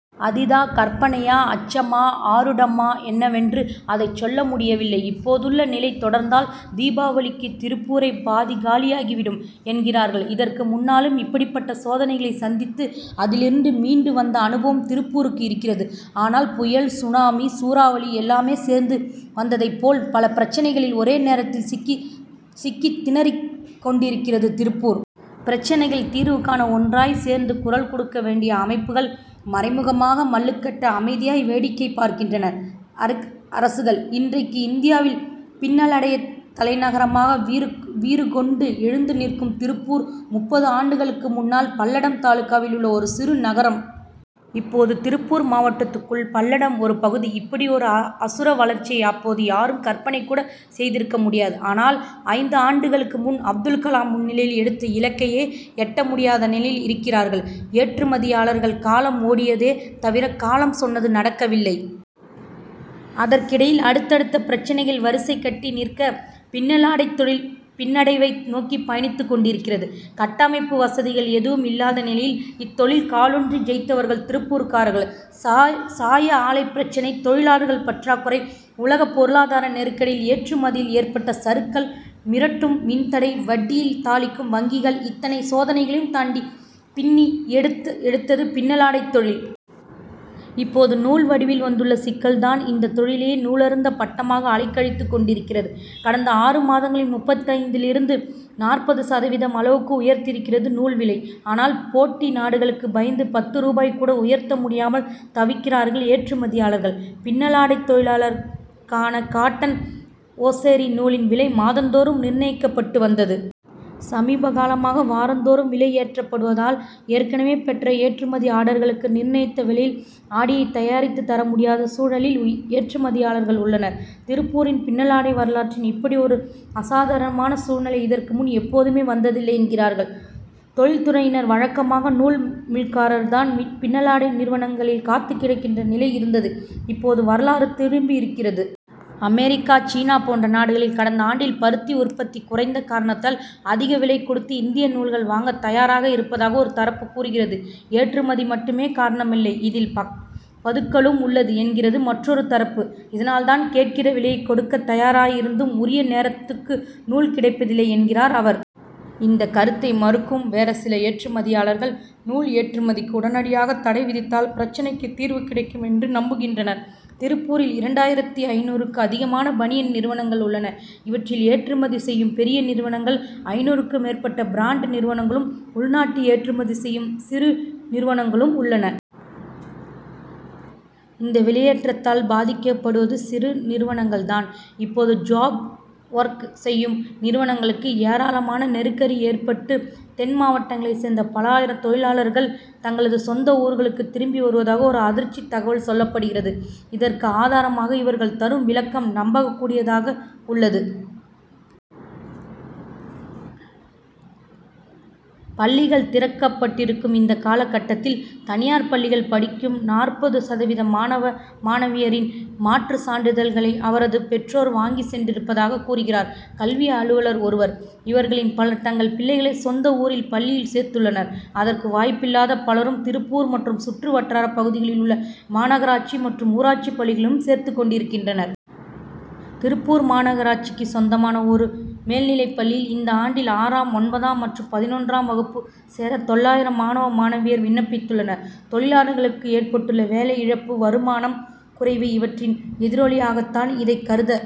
அதீத கற்பனையா, அச்சமா, ஆரூடமா என்னவென்று அதைச் சொல்ல முடிய வில்லை; இப்போதுள்ள நிலை தொடர்ந்தால், தீபாவளிக்குள் திருப்பூரே பாதி காலியாகி விடும் என்கிறார்கள். இதற்கு முன்னாலும் இப்படிப்பட்ட சோதனைகளை சந்தித்து, அதிலிருந்து மீண்டு வந்த அனுபவம், திருப்பூருக்கு இருக்கிறது. ஆனால், புயல், சுனாமி, சூறாவளி எல்லாமே சேர்ந்து வந்ததைப் போல், பல பிரச்னைகளில் ஒரே நேரத்தில் சிக்கி, திக்கித்திணறிக் கொண்டிருக்கிறது திருப்பூர். பிரச்னைக்கு தீர்வு காண, ஒன்றாய்ச் சேர்ந்து குரல் கொடுக்க வேண்டிய அமைப்புகள், மறைமுகமாக மல்லுக்கட்ட, அமைதியாய் வேடிக்கை பார்க்கின்றன அரசுகள். இன் றைக்கு இந்தியாவின் பின்னலாடைத் தலைநகராக வீறு கொண்டு எழுந்து நிற்கும் திருப்பூர், முப்பது ஆண்டுகளுக்கு முன்னால் பல்லடம் தாலுகாவில் உள்ள ஒரு சிறு நகரம். இப்போது திருப்பூர் மாவட்டத்துக்குள் பல்லடம் ஒரு பகுதி. இப்படியொரு அசுர வளர்ச்சியை, அப்போது யாரும் கற்பனை கூட செய்திருக்க முடியாது. ஆனால், ஐந்து ஆண்டுகளுக்கு முன்பு, அப்துல் கலாம் முன்னிலையில் எடுத்த இலக்கையே எட்ட முடியாத நிலையில் இருக்கிறார்கள் ஏற்றுமதியாளர்கள். காலம் ஓடியதே தவிர, கலாம் சொன்னது நடக்கவில்லை. அதற்கிடையில், அடுத்தடுத்து பிரச்னைகள் வரிசை கட்டி நிற்க, பின்னலாடைத் தொழில் பின்னடைவை நோக்கி பயணித்துக் கொண்டிருக்கிறது. கட்டமைப்பு வசதிகள் எதுவும் இல்லாத நிலையிலேயே, இத்தொழிலில் காலூன்றி ஜெயித்தவர்கள் திருப்பூர்காரர்கள். சாய ஆலைப் பிரச்னை, தொழிலாளர் பற்றாக்குறை, உலக பொருளாதார நெருக்கடியால் ஏற்றுமதியில் ஏற்பட்ட சறுக்கல், மிரட்டும் மின் தடை, வட்டியில் தாளிக்கும் வங்கிகள்இத்தனை சோதனைகளையும் தாண்டி, பின்னி எடுத்தது பின்னலாடைத் தொழில். இப்போது நூல் வடிவில் வந்துள்ள சிக்கல்தான், இந்த தொழிலையே நூலறுந்த பட்டமாக அலைக்கழித்துக் கொண்டிருக்கிறது. கடந்த ஆறு மாதங்களில் முப்பத்தைந்திலிருந்து நாற்பது சதவீத அளவுக்கு உயர்ந்திருக்கிறது நூல் விலை. ஆனால், போட்டி நாடுகளுக்குப் பயந்து, பத்து ரூபாயைக் கூட உயர்த்த முடியாமல் தவிக்கிறார்கள் ஏற்றுமதியாளர்கள். பின்னலாடைத் தொழிலுக்கான காட்டன் ஒசைரி நூலின் விலை, மாதந்தோறும் நிர்ணயிக்கப்பட்டு வந்தது. சமீபகாலமாக, வாரந்தோறும் விலை ஏற்றப்படுவதால், ஏற்கனவே பெற்ற ஏற்றுமதி ஆர்டர்களுக்கு, நிர்ணயித்த விலையில், ஆடையைத் தயாரித்துத் தர முடியாத சூழலில் ஏற்றுமதியாளர்கள் உள்ளனர். திருப்பூரின் பின்னலாடை வரலாற்றில், இப்படியொரு அசாதாரணமான சூழ்நிலை, இதற்கு முன் எப்போதுமே வந்ததில்லை என்கிறார்கள் தொழில்துறையினர். வழக்கமாக, நூல் மில்காரர்கள்தான், பின்னலாடை நிறுவனங்களில் காத்துக் கிடக்கின்ற நிலை இருந்தது; இப்போது வரலாறு திரும்பியிருக்கிறது. அமெரிக்கா, சீனா போன்ற நாடுகளில், கடந்த ஆண்டில் பருத்தி உற்பத்தி குறைந்த காரணத்தால், அதிக விலை கொடுத்து இந்திய நூல்களை வாங்கத் தயாராக இருப்பதாக ஒரு தரப்பு கூறுகிறது. ஏற்றுமதி மட்டுமே காரணமில்லை, இதில் பதுக்கலும் உள்ளது என்கிறது மற்றொரு தரப்பு. இதனால்தான், கேட்கிற விலையைக் கொடுக்கத் தயாராயிருந்தும் உரிய நேரத்துக்கு நூல் கிடைப்பதில்லை என்கிறார் அவர். இந்த கருத்தை மறுக்கும் வேறு சில ஏற்றுமதியாளர்கள், நூல் ஏற்றுமதிக்கு உடனடியாகத் தடை விதித்தால், பிரச்னைக்கு தீர்வு கிடைக்குமென்று நம்புகின்றனர். திருப்பூரில் இரண்டாயிரத்து ஐந்நூறுக்கும் அதிகமான பனியன் நிறுவனங்கள் உள்ளன. இவற்றில், ஏற்றுமதி செய்யும் பெரிய நிறுவனங்களும், ஐந்நூறுக்கும் மேற்பட்ட பிராண்டடு நிறுவனங்களும், உள்நாட்டு ஏற்றுமதி செய்யும் சிறு நிறுவனங்களும் உள்ளன. இந்த விலையேற்றத்தால், பாதிக்கப்படுவது சிறு நிறுவனங்கள்தான். இப்போதே ஜாப் ஒர்க் செய்யும் நிறுவனங்களுக்கு ஏராளமான நெருக்கடி ஏற்பட்டு, தென் மாவட்டங்களைச் சேர்ந்த பல ஆயிரம் தொழிலாளர்கள், தங்களது சொந்த ஊர்களுக்குத் திரும்பி வருவதாக ஓர் அதிர்ச்சித் தகவல் சொல்லப்படுகிறது. இதற்கு ஆதாரமாக இவர்கள் தரும் விளக்கம், நம்பக் கூடியதாகவும் உள்ளது. பள்ளிகள் திறக்கப்பட்டிருக்கும் இந்த காலகட்டத்தில், தனியார் பள்ளிகளில் படிக்கும் நாற்பது சதவீத மாணவ, மாணவியரின் மாற்று சான்றிதழ்களை அவர்களது பெற்றோர் வாங்கிச் சென்றிருப்பதாகக் கூறுகிறார் கல்வி அலுவலர் ஒருவர். இவர்களில் பலர், தங்கள் பிள்ளைகளை சொந்த ஊரிலேயே பள்ளியில் சேர்த்துள்ளனர். அதற்கு வாய்ப்பில்லாத பலரும், திருப்பூர் மற்றும் சுற்று வட்டாரப் பகுதிகளில் உள்ள மாநகராட்சி மற்றும் ஊராட்சிப் பள்ளிகளில் சேர்த்துக் கொண்டிருக்கின்றனர். திருப்பூர் மாநகராட்சிக்குச் சொந்தமான ஒரு மேல்நிலைப்பள்ளியில், இந்த ஆண்டில் ஆறாம், ஒன்பதாம் மற்றும் பதினொன்றாம் வகுப்புகளில் சேர தொள்ளாயிரம் மாணவ, மாணவியர் விண்ணப்பித்துள்ளனர். தொழிலாளர்களுக்கு ஏற்பட்டுள்ள வேலை இழப்பு, வருமானம் குறைவு இவற்றின் எதிரொலியாகத்தான் இதைக் கருத